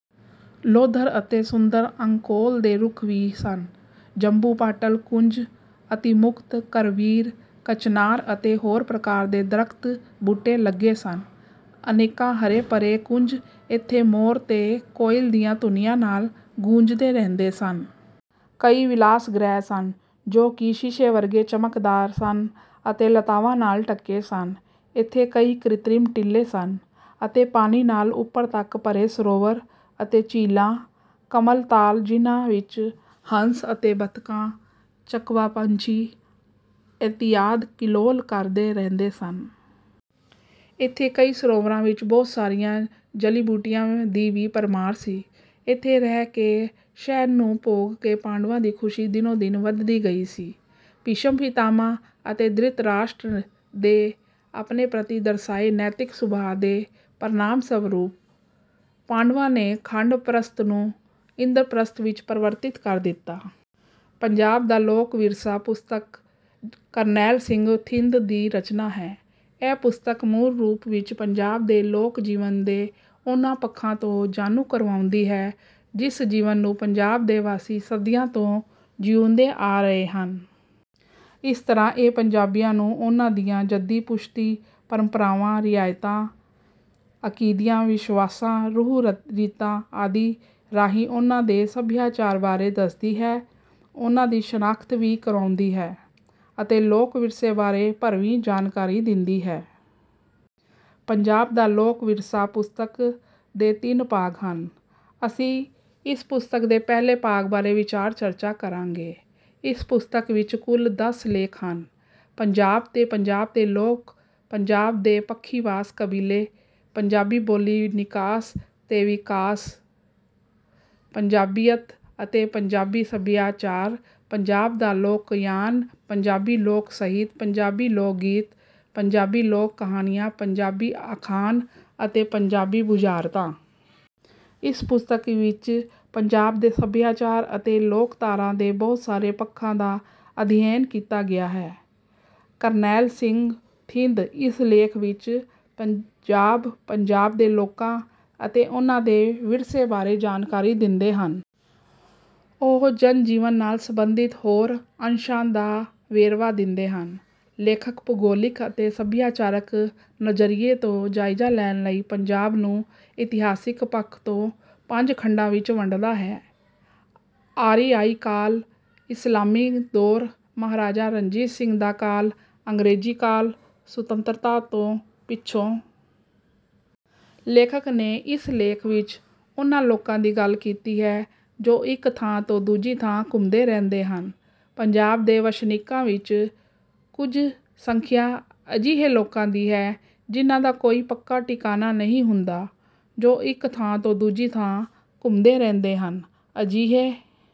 ਲੋਧਰ ਅਤੇ ਸੁੰਦਰ ਅੰਕੋਲ ਦੇ ਰੁੱਖ ਵੀ ਸਨ। ਜੰਬੂ, ਪਾਟਲ, ਕੁੰਜ, ਅਤੀਮੁਕਤ, ਕਰਵੀਰ, ਕਚਨਾਰ ਅਤੇ ਹੋਰ ਪ੍ਰਕਾਰ ਦੇ ਦਰੱਖਤ ਬੂਟੇ ਲੱਗੇ ਸਨ। ਅਨੇਕਾਂ ਹਰੇ ਭਰੇ ਕੁੰਜ ਇੱਥੇ ਮੋਰ ਅਤੇ ਕੋਇਲ ਦੀਆਂ ਧੁਨੀਆਂ ਨਾਲ ਗੂੰਜਦੇ ਰਹਿੰਦੇ ਸਨ। ਕਈ ਵਿਲਾਸਗ੍ਰਹਿ ਸਨ ਜੋ ਕਿ ਸ਼ੀਸ਼ੇ ਵਰਗੇ ਚਮਕਦਾਰ ਸਨ ਅਤੇ ਲਤਾਵਾਂ ਨਾਲ ਢਕੇ ਸਨ। ਇੱਥੇ ਕਈ ਕ੍ਰਿਤਰਿਮ ਟਿੱਲੇ ਸਨ ਅਤੇ ਪਾਣੀ ਨਾਲ ਉੱਪਰ ਤੱਕ ਭਰੇ ਸਰੋਵਰ ਅਤੇ ਝੀਲਾਂ ਕਮਲ ਤਾਲ ਜਿਹਨਾਂ ਵਿੱਚ ਹੰਸ ਅਤੇ ਬੱਤਖਾਂ ਚਕਵਾ ਪੰਛੀ ਇਤਿਆਦਿ ਕਿਲੋਲ ਕਰਦੇ ਰਹਿੰਦੇ ਸਨ। ਇੱਥੇ ਕਈ ਸਰੋਵਰਾਂ ਵਿੱਚ ਬਹੁਤ ਸਾਰੀਆਂ ਜਲੀ ਬੂਟੀਆਂ ਦੀ ਵੀ ਭਰਮਾਰ ਸੀ। ਇੱਥੇ ਰਹਿ ਕੇ ਸ਼ਹਿਰ ਨੂੰ ਭੋਗ ਕੇ ਪਾਂਡਵਾਂ ਦੀ ਖੁਸ਼ੀ ਦਿਨੋਂ ਦਿਨ ਵੱਧਦੀ ਗਈ ਸੀ। ਭੀਸ਼ਮ ਪਿਤਾਮਹ ਅਤੇ ਧ੍ਰਿਤਰਾਸ਼ਟਰ ਦੇ ਆਪਣੇ ਪ੍ਰਤੀ ਦਰਸਾਏ ਨੈਤਿਕ ਸੁਭਾਅ ਦੇ ਪ੍ਰਣਾਮ ਸਰੂਪ ਪਾਂਡਵਾਂ ਨੇ ਖਾਂਡਵਪ੍ਰਸਥ ਨੂੰ ਇੰਦਰਪ੍ਰਸਥ ਵਿੱਚ ਪਰਿਵਰਤਿਤ ਕਰ ਦਿੱਤਾ। ਪੰਜਾਬ ਦਾ ਲੋਕ ਵਿਰਸਾ ਪੁਸਤਕ ਕਰਨੈਲ ਸਿੰਘ ਥਿੰਦ ਦੀ ਰਚਨਾ ਹੈ। ਇਹ ਪੁਸਤਕ ਮੂਲ ਰੂਪ ਵਿੱਚ ਪੰਜਾਬ ਦੇ ਲੋਕ ਜੀਵਨ ਦੇ ਉਹਨਾਂ ਪੱਖਾਂ ਤੋਂ ਜਾਣੂ ਕਰਵਾਉਂਦੀ ਹੈ ਜਿਸ ਜੀਵਨ ਨੂੰ ਪੰਜਾਬ ਦੇ ਵਾਸੀ ਸਦੀਆਂ ਤੋਂ ਜੀਊਂਦੇ ਆ ਰਹੇ ਹਨ। ਇਸ ਤਰ੍ਹਾਂ ਇਹ ਪੰਜਾਬੀਆਂ ਨੂੰ ਉਨ੍ਹਾਂ ਦੀਆਂ ਜੱਦੀ ਪੁਸ਼ਤੀ ਪਰੰਪਰਾਵਾਂ ਰਿਆਇਤਾਂ ਅਕੀਦਿਆਂ ਵਿਸ਼ਵਾਸਾਂ ਰਹੁ ਰੀਤਾਂ ਆਦਿ ਰਾਹੀਂ ਉਨ੍ਹਾਂ ਦੇ ਸੱਭਿਆਚਾਰ ਬਾਰੇ ਦੱਸਦੀ ਹੈ ਉਨ੍ਹਾਂ ਦੀ ਸ਼ਨਾਖਤ ਵੀ ਕਰਾਉਂਦੀ ਹੈ ਅਤੇ ਲੋਕ ਵਿਰਸੇ ਬਾਰੇ ਭਰਵੀਂ ਜਾਣਕਾਰੀ ਦਿੰਦੀ ਹੈ। ਪੰਜਾਬ ਦਾ ਲੋਕ ਵਿਰਸਾ ਪੁਸਤਕ ਦੇ ਤਿੰਨ ਭਾਗ ਹਨ। ਅਸੀਂ ਇਸ ਪੁਸਤਕ ਦੇ ਪਹਿਲੇ ਭਾਗ ਬਾਰੇ ਵਿਚਾਰ ਚਰਚਾ ਕਰਾਂਗੇ। ਇਸ ਪੁਸਤਕ ਵਿੱਚ ਕੁੱਲ ਦਸ ਲੇਖ ਹਨ ਪੰਜਾਬ ਤੇ ਪੰਜਾਬ ਦੇ ਲੋਕ ਪੰਜਾਬ ਦੇ ਪੱਖੀਵਾਸ ਕਬੀਲੇ ਪੰਜਾਬੀ ਬੋਲੀ ਨਿਕਾਸ ਤੇ ਵਿਕਾਸ ਪੰਜਾਬੀਅਤ ਅਤੇ ਪੰਜਾਬੀ ਸੱਭਿਆਚਾਰ ਪੰਜਾਬ ਦਾ ਲੋਕਯਾਨ ਪੰਜਾਬੀ ਲੋਕ ਸਾਹਿਤ ਪੰਜਾਬੀ ਲੋਕ ਗੀਤ ਪੰਜਾਬੀ ਲੋਕ ਕਹਾਣੀਆਂ ਪੰਜਾਬੀ ਅਖਾਣ ਅਤੇ ਪੰਜਾਬੀ ਬੁਝਾਰਤਾਂ। ਇਸ ਪੁਸਤਕ ਵਿੱਚ ਪੰਜਾਬ ਦੇ ਸੱਭਿਆਚਾਰ ਅਤੇ ਲੋਕਧਾਰਾ ਦੇ ਬਹੁਤ ਸਾਰੇ ਪੱਖਾਂ ਦਾ ਅਧਿਐਨ ਕੀਤਾ ਗਿਆ ਹੈ। ਕਰਨੈਲ ਸਿੰਘ ਥਿੰਦ ਇਸ ਲੇਖ ਵਿੱਚ ਪੰਜਾਬ ਪੰਜਾਬ ਦੇ ਲੋਕਾਂ ਅਤੇ ਉਹਨਾਂ ਦੇ ਵਿਰਸੇ ਬਾਰੇ ਜਾਣਕਾਰੀ ਦਿੰਦੇ ਹਨ। ਉਹ ਜਨ ਜੀਵਨ ਨਾਲ ਸਬੰਧਿਤ ਹੋਰ ਅੰਸ਼ਾਂ ਦਾ ਵੇਰਵਾ ਦਿੰਦੇ ਹਨ। ਲੇਖਕ ਭੂਗੋਲਿਕ ਅਤੇ ਸੱਭਿਆਚਾਰਕ ਨਜ਼ਰੀਏ ਤੋਂ ਜਾਇਜ਼ਾ ਲੈਣ ਲਈ ਪੰਜਾਬ ਨੂੰ ਇਤਿਹਾਸਕ ਪੱਖ ਤੋਂ ਪੰਜ ਖੰਡਾਂ ਵਿੱਚ ਵੰਡਦਾ ਹੈ ਆਰੀਆਈ ਕਾਲ ਇਸਲਾਮੀ ਦੌਰ ਮਹਾਰਾਜਾ ਰਣਜੀਤ ਸਿੰਘ ਦਾ ਕਾਲ ਅੰਗਰੇਜ਼ੀ ਕਾਲ ਸੁਤੰਤਰਤਾ ਤੋਂ ਪਿੱਛੋਂ। ਲੇਖਕ ਨੇ ਇਸ ਲੇਖ ਵਿੱਚ ਉਨ੍ਹਾਂ ਲੋਕਾਂ ਦੀ ਗੱਲ ਕੀਤੀ ਹੈ ਜੋ ਇੱਕ ਥਾਂ ਤੋਂ ਦੂਜੀ ਥਾਂ ਘੁੰਮਦੇ ਰਹਿੰਦੇ ਹਨ। ਪੰਜਾਬ ਦੇ ਵਸਨੀਕਾਂ ਵਿੱਚ ਕੁਝ ਸੰਖਿਆ ਅਜਿਹੇ ਲੋਕਾਂ ਦੀ ਹੈ ਜਿਹਨਾਂ ਦਾ ਕੋਈ ਪੱਕਾ ਟਿਕਾਣਾ ਨਹੀਂ ਹੁੰਦਾ ਜੋ ਇੱਕ ਥਾਂ ਤੋਂ ਦੂਜੀ ਥਾਂ ਘੁੰਮਦੇ ਰਹਿੰਦੇ ਹਨ। ਅਜਿਹੇ